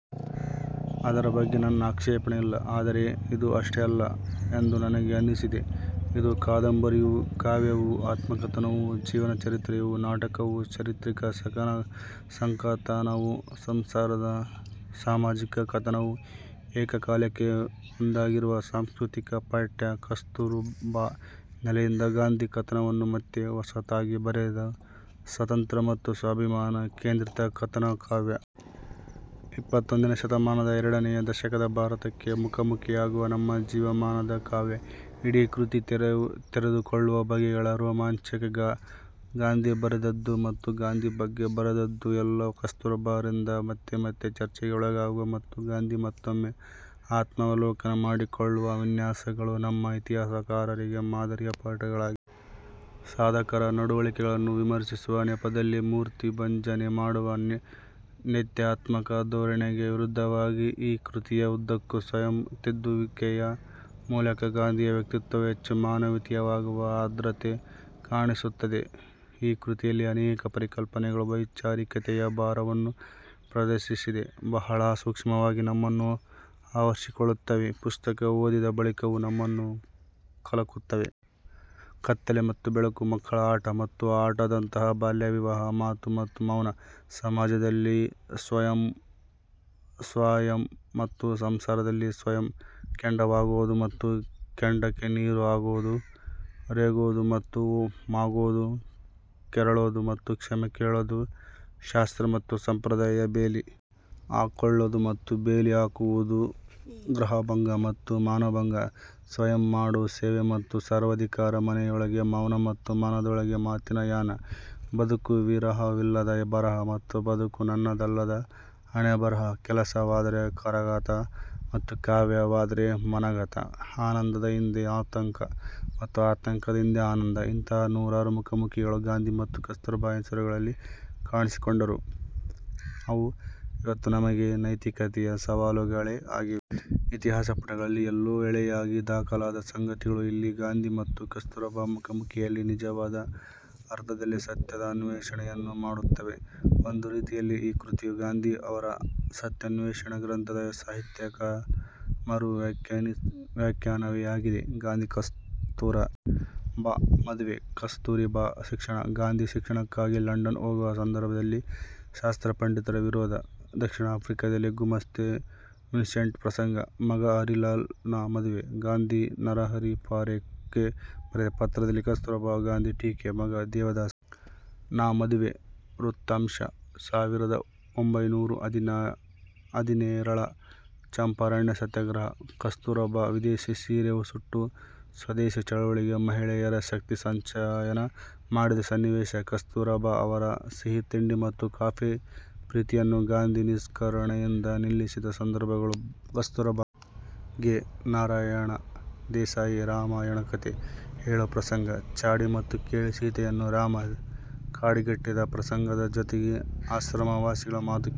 ಅದರ ಬಗ್ಗೆ ನನ್ನ ಆಕ್ಷೇಪಣೆ ಇಲ್ಲ. ಆದರೆ ಇದು ಅಷ್ಟೇ ಅಲ್ಲ ಎಂದು ನನಗೆ ಅನ್ನಿಸಿದೆ. ಇದು ಕಾದಂಬರಿಯೂ, ಕಾವ್ಯವೂ, ಆತ್ಮಕಥನವೂ, ಜೀವನ ಚರಿತ್ರೆಯೂ, ನಾಟಕವೂ, ಚಾರಿತ್ರಿಕ ಸಂಕಥನವೂ, ಸಂಸಾರದ ಸಾಮಾಜಿಕ ಕಥನವೂ, ಏಕಕಾಲಕ್ಕೆ ಒಂದಾಗಿರುವ ಸಾಂಸ್ಕೃತಿಕ ಪಠ್ಯ. ಕಸ್ತೂರ್ ಬಾ ನೆಲೆಯಿಂದ ಗಾಂಧಿ ಕಥನವನ್ನು ಮತ್ತೆ ಹೊಸತಾಗಿ ಬರೆದ ಸ್ವಾತಂತ್ರ್ಯ ಮತ್ತು ಸ್ವಾಭಿಮಾನ ಕೇಂದ್ರಿತ ಕಥನಕಾವ್ಯ. ಇಪ್ಪತ್ತೊಂದನೇ ಶತಮಾನದ ಎರಡನೆಯ ದಶಕದ ಭಾರತಕ್ಕೆ ಮುಖಾಮುಖಿಯಾಗುವ ನಮ್ಮ ಜೀವಮಾನದ ಕಾವ್ಯ. ಇಡೀ ಕೃತಿ ತೆರೆದುಕೊಳ್ಳುವ ಬಗೆಗಳೇ ರೋಮಾಂಚಕ. ಗಾಂಧಿ ಬರೆದದ್ದು ಮತ್ತು ಗಾಂಧಿ ಬಗ್ಗೆ ಬರೆದದ್ದು ಎಲ್ಲವೂ ಕಸ್ತೂರ್ ಬಾ ರಿಂದ ಮತ್ತೆ ಮತ್ತೆ ಚರ್ಚೆಗೆ ಒಳಗಾಗುವ ಮತ್ತು ಗಾಂಧಿ ಮತ್ತೊಮ್ಮೆ ಆತ್ಮಾವಲೋಕನ ಮಾಡಿಕೊಳ್ಳುವ ವಿನ್ಯಾಸಗಳು ನಮ್ಮ ಇತಿಹಾಸಕಾರರಿಗೆ ಮಾದರಿಯ ಪಾಠಗಳಾಗಿವೆ. ಸಾಧಕರ ನಡವಳಿಕೆಗಳನ್ನು ವಿಮರ್ಶಿಸುವ ನೆಪದಲ್ಲಿ ಮೂರ್ತಿಭಂಜನೆ ಮಾಡುವ ನೇತ್ಯಾತ್ಮಕ ಧೋರಣೆಗೆ ವಿರುದ್ಧವಾಗಿ ಈ ಕೃತಿಯ ಉದ್ದಕ್ಕೂ ಸ್ವಯಂ ತಿದ್ದುವಿಕೆಯ ಮೂಲಕ ಗಾಂಧಿಯ ವ್ಯಕ್ತಿತ್ವ ಹೆಚ್ಚು ಮಾನವೀಯವಾಗುವ ಆರ್ದ್ರತೆ ಕಾಣಿಸುತ್ತದೆ. ಈ ಕೃತಿಯಲ್ಲಿ ಅನೇಕ ಪರಿಕಲ್ಪನೆಗಳು ವೈಚಾರಿಕತೆಯ ಭಾರವನ್ನು ಪ್ರದರ್ಶಿಸದೆ, ಬಹಳ ಸೂಕ್ಷ್ಮವಾಗಿ ನಮ್ಮನ್ನು ಆವರಿಸಿಕೊಳ್ಳುತ್ತವೆ ಪುಸ್ತಕ ಓದಿದ ಬಳಿಕವೂ ನಮ್ಮನ್ನು ಕಲಕುತ್ತವೆ. ಕತ್ತಲೆ ಮತ್ತು ಬೆಳಕು, ಮಕ್ಕಳ ಆಟ ಮತ್ತು ಆಟದಂತಹ ಬಾಲ್ಯ ವಿವಾಹ, ಮಾತು ಮತ್ತು ಮೌನ, ಸಮಾಜದಲ್ಲಿ ಸಂಯಮ ಮತ್ತು ಸಂಸಾರದಲ್ಲಿ ಸಂಯಮ, ಕೆಂಡವಾಗೋದು ಮತ್ತು ಕೆಂಡಕೆ ನೀರು ಆಗೋದು, ರೇಗೋದು ಮತ್ತು ಮಾಗೋದು, ಕೆರಳೋದು ಮತ್ತು ಕ್ಷಮೆ ಕೇಳೋದು, ಶಾಸ್ತ್ರ ಮತ್ತು ಸಂಪ್ರದಾಯ, ಬೇಲಿ ಹಾಕ್ಕೊಳ್ಳೋದು ಮತ್ತು ಬೇಲಿ ಹಾಕುವುದು, ಗೃಹಭಂಗ ಮತ್ತು ಮನಭಂಗ, ಸ್ವಯಂ ಮಾಡೋ ಸೇವೆ ಮತ್ತು ಸರ್ವಾಧಿಕಾರ, ಮನೆಯೊಳಗೆ ಮೌನ ಮತ್ತು ಮನದೊಳಗೆ ಮಾತಿನ ಯಾನ, ಬದುಕು ವಿರಹವಿಲ್ಲದ ಬರಹ ಮತ್ತು ಬದುಕು ನನ್ನದಲ್ಲದ ಹಣೆಬರಹ, ಕೆಲಸವಾದ್ರೆ ಕರಗತ ಮತ್ತು ಕಾವ್ಯವಾದ್ರೆ ಮನಗತ, ಆನಂದದ ಹಿಂದೆ ಆತಂಕ ಮತ್ತು ಆತಂಕದ ಹಿಂದೆ ಆನಂದ: ಇಂತಹ ನೂರಾರು ಮುಖಾಮುಖಿಗಳು ಗಾಂಧಿ ಮತ್ತು ಕಸ್ತೂರ್ ಬಾ ಹೆಸರುಗಳಲ್ಲಿ ಕಾಣಿಸಿಕೊಂಡರೂ, ಅವು ಇವತ್ತೂ ನಮಗೆ ನೈತಿಕತೆಯ ಸವಾಲುಗಳೇ ಆಗಿವೆ. ಇತಿಹಾಸ ಪುಟಗಳಲ್ಲಿ ಎಲ್ಲೋ ಎಳೆಯಾಗಿ ದಾಖಲಾದ ಸಂಗತಿಗಳು ಇಲ್ಲಿ ಗಾಂಧಿ ಮತ್ತು ಕಸ್ತೂರ್ ಬಾ ಮುಖಾಮುಖಿಯಲ್ಲಿ ನಿಜವಾದ ಅರ್ಥದಲ್ಲಿ 'ಸತ್ಯದ ಅನ್ವೇಷಣೆ 'ಯನ್ನು ಮಾಡುತ್ತವೆ. ಒಂದು ರೀತಿಯಲ್ಲಿ ಈ ಕೃತಿಯು ಗಾಂಧಿ ಅವರ 'ಸತ್ಯಾನ್ವೇಷಣೆ ' ಗ್ರಂಥದ ಸಾಹಿತ್ಯಕ ಮರು ವ್ಯಾಖ್ಯಾನವೇ ಆಗಿದೆ. ಗಾಂಧಿ ಕಸ್ತೂರ್ ಬಾ ಮದುವೆ, ಕಸ್ತೂರ್ ಬಾ ಶಿಕ್ಷಣ, ಗಾಂಧಿ ಶಿಕ್ಷಣಕ್ಕಾಗಿ ಲಂಡನ್ ಹೋಗುವ ಸಂದರ್ಭದಲ್ಲಿ ಶಾಸ್ತ್ರಪಂಡಿತರ ವಿರೋಧ, ದಕ್ಷಿಣ ಆಫ್ರಿಕದಲ್ಲಿ ಗುಮಾಸ್ತೆ ವಿನ್ಸೆಂಟ್ ಪ್ರಸಂಗ, ಮಗ ಹರಿಲಾಲ್ ನ ಮದುವೆ, ಗಾಂಧಿ ನರಹರಿ ಪಾರೇಖ್ ಗೆ ಬರೆದ ಪತ್ರದಲ್ಲಿ ಕಸ್ತೂರ್ ಬಾ ಬಗ್ಗೆ ಟೀಕೆ, ಮಗ ದೇವದಾಸ್ ನ ಮದುವೆ ವೃತ್ತಾಂತ, ಸಾವಿರದ ಒಂಭೈನೂರ ಹದಿನೇಳರ ಚಂಪಾರಣ ಸತ್ಯಾಗ್ರಹ, ಕಸ್ತೂರ್ ಬಾ ವಿದೇಶಿ ಸೀರೆ ಸುಟ್ಟು ಸ್ವದೇಶಿ ಚಳುವಳಿಗೆ ಮಹಿಳೆಯರ ಶಕ್ತಿ ಸಂಚಯನ ಮಾಡಿದ ಸನ್ನಿವೇಶ, ಕಸ್ತೂರ್ ಬಾ ಅವರ ಸಿಹಿತಿಂಡಿ ಮತ್ತು ಕಾಫಿ ಪ್ರೀತಿಯನ್ನು ಗಾಂಧಿ ನಿಷ್ಕರುಣೆಯಿಂದ ನಿಲ್ಲಿಸಿದ ಸಂದರ್ಭಗಳು, ಕಸ್ತೂರ್ ಬಾ ಗೆ ನಾರಾಯಣ ದೇಸಾಯಿ ರಾಮಾಯಣ ಕಥೆ ಹೇಳುವ ಪ್ರಸಂಗ, ಚಾಡಿ ಮಾತು ಕೇಳಿ ಸೀತೆಯನ್ನು ರಾಮ ಕಾಡಿಗಟ್ಟಿದ ಪ್ರಸಂಗದ ಜೊತೆಗೆ ಆಶ್ರಮವಾಸಿಗಳ ಮಾತು ಕೇಳಿ